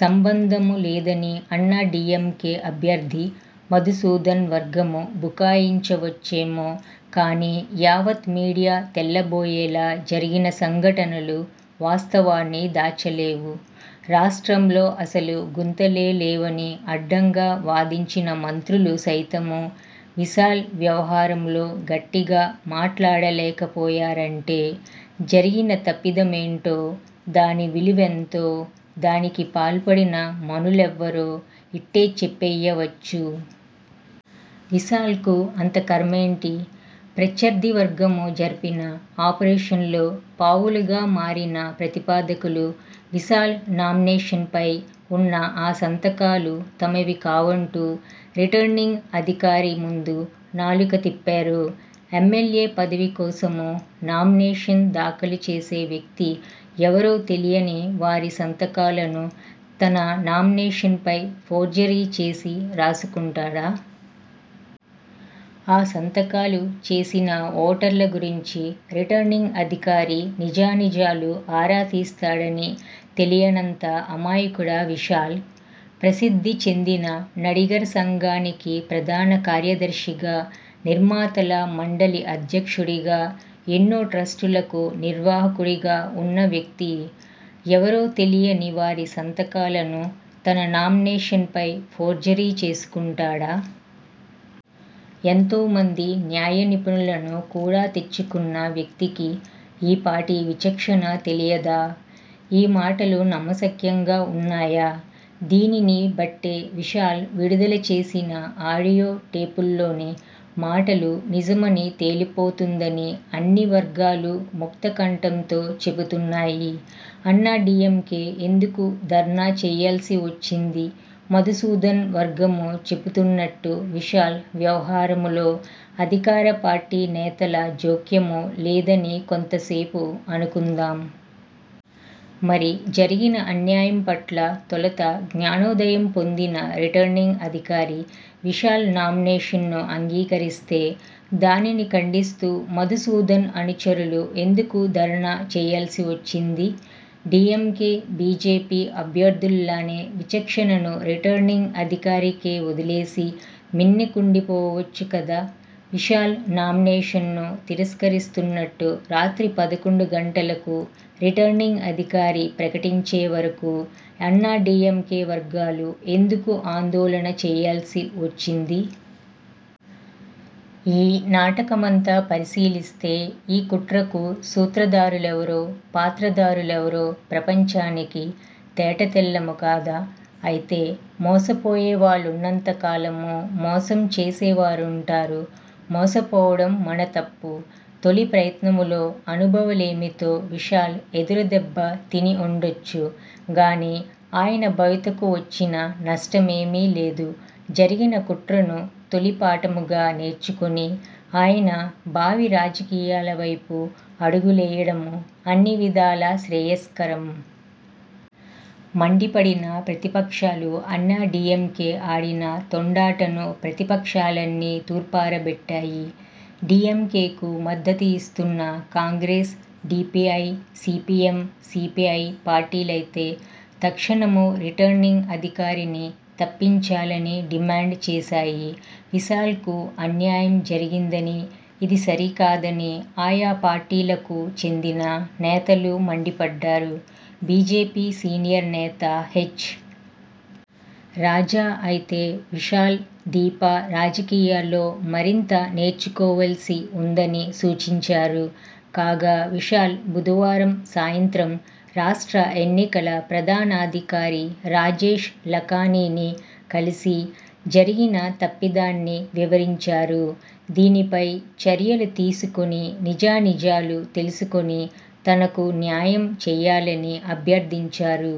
సంబంధం లేదని అన్నాడీఎంకే అభ్యర్థి మధుసూదన్ వర్గం బుకాయించవచ్చేమో కానీ యావత్ మీడియా తెల్లబోయేలా జరిగిన సంఘటనలు వాస్తవాన్ని దాచలేవు. రాష్ట్రంలో అసలు గుంతలే లేవని అడ్డంగా వాదించిన మంత్రులు సైతం.. విశాల్ వ్యవహారంలో గట్టిగా మాట్లాడలేకపోయారంటే.. జరిగిన తప్పిదమేంటో? దాని 'విలువెంతో'? దానికి పాల్పడిన మనులెవ్వరో ఇట్టే చెప్పయ్యవచ్చు. విశాల్కు అంత ఖర్మేంటి? ప్రత్యర్థి వర్గము జరిపిన 'ఆపరేషన్'లో పావులుగా మారిన 'ప్రతిపాదకులు'.. విశాల్ నామినేషన్పై వున్న ఆ సంతకాలు తమవి కావంటూ రిటర్నింగ్ అధికారి ముందు నాలుక తిప్పారు. ఎమ్మెల్యే పదవి కోసము నామినేషన్ దాఖలు చేసే వ్యక్తి ఎవరో తెలియని వారి సంతకాలను తన నామినేషన్పై ఫోర్జరీ చేసి రాసుకుంటాడా? ఆ సంతకాలు చేసిన ఓటర్ల గురించి రిటర్నింగ్ అధికారి నిజానిజాలు ఆరా తీస్తాడని తెలియనంత అమాయకుడా విశాల్? ప్రసిద్ధి చెందిన నడిగర్ సంఘానికి ప్రధాన కార్యదర్శిగా, నిర్మాతల మండలి అధ్యక్షుడిగా, ఎన్నో ట్రస్టులకు నిర్వాహకుడిగా వున్న వ్యక్తి.. ఎవరో తెలియనివారి సంతకాలను తన నామినేషన్పై ఫోర్జరీ చేసుకుంటాడా? ఎంతోమంది న్యాయనిపుణులను కూడాతెచ్చుకున్న వ్యక్తికి ఈ పాటి విచక్షణ తెలియదా? ఈ మాటలు నమ్మశక్యంగా వున్నాయా?.. దీనిని బట్టే విశాల్ విడుదల చేసిన ఆడియో టేపుల్లోని మాటలు నిజమని తేలిపోతోందని అన్ని వర్గాలు ముక్తకంఠంతో చెబుతున్నాయి. అన్నాడీఎంకే ఎందుకు ధర్నా చేయాల్సి వచ్చింది? మధుసూదన్ వర్గం చెబుతున్నట్టు విశాల్ వ్యవహారంలో అధికార పార్టీ నేతల జోక్యం లేదని కొంతసేపు అనుకుందాం!. మరి జరిగిన అన్యాయం పట్ల తొలుత జ్ఞానోదయం పొందిన రిటర్నింగ్ అధికారి విశాల్ నామినేషన్ను అంగీకరిస్తే.. దానిని ఖండిస్తూ మధుసూదన్ అనుచరులు ఎందుకు ధర్నా చేయాల్సి వచ్చింది? డీఎంకే, బీజేపీ అభ్యర్థుల్లానే విచక్షణను రిటర్నింగ్ అధికారికే వదిలేసి మిన్నకుండిపోవచ్చు కదా! విశాల్ నామినేషన్ను తిరస్కరిస్తున్నట్టు రాత్రి పదకొండు గంటలకు రిటర్నింగ్ అధికారి ప్రకటించే వరకూ అన్నాడీఎంకే వర్గాలు ఎందుకు ఆందోళన చేయాల్సి వచ్చింది? ఈ నాటకమంతా పరిశీలిస్తే ఈ కుట్రకు సూత్రధారులెవరో, పాత్రధారులెవరో ప్రపంచానికి తేటతెల్లం కాదా?.. అయితే మోసపోయేవాళ్లున్నంత కాలం మోసం చేసేవారుంటారు. మోసపోవడం మన తప్పు. తొలిప్రయత్నంలో అనుభవలేమితో విశాల్ ఎదురుదెబ్బ తిని వుండొచ్చు గానీ ఆయన భవితకు వచ్చిన నష్టమేమీ లేదు. జరిగిన కుట్రను 'తొలిపాఠం'గా నేర్చుకుని ఆయన భావి రాజకీయాలవైపు అడుగులేయడం అన్ని విధాలా శ్రేయస్కరం. మండిపడిన ప్రతిపక్షాలుఅన్నాడీఎంకే ఆడిన తొండాటను ప్రతిపక్షాలన్నీ తూర్పారబట్టాయి. డీఎంకేకు మద్దతు ఇస్తున్న కాంగ్రెస్, డీపీఐ, సీపీఎం, సీపీఐ పార్టీలైతే తక్షణం రిటర్నింగ్ అధికారిని తప్పించాలని డిమాండ్ చేశాయి. విశాల్కు అన్యాయం జరిగిందని, ఇది సరి కాదని ఆయా పార్టీలకు చెందిన నేతలు మండిపడ్డారు. బీజేపీ సీనియర్ నేత హెచ్. రాజా అయితే విశాల్, దీప రాజకీయాల్లో మరింత నేర్చుకోవాల్సి వుందని సూచించారు. కాగా విశాల్ బుధవారం సాయంత్రం రాష్ట్ర ఎన్నికల ప్రధానాధికారి రాజేష్ లఖానీని కలిసి జరిగిన తప్పిదాన్ని వివరించారు. దీనిపై చర్యలు తీసుకుని నిజానిజాలు తెలుసుకుని తనకు న్యాయం చేయాలని అభ్యర్థించారు.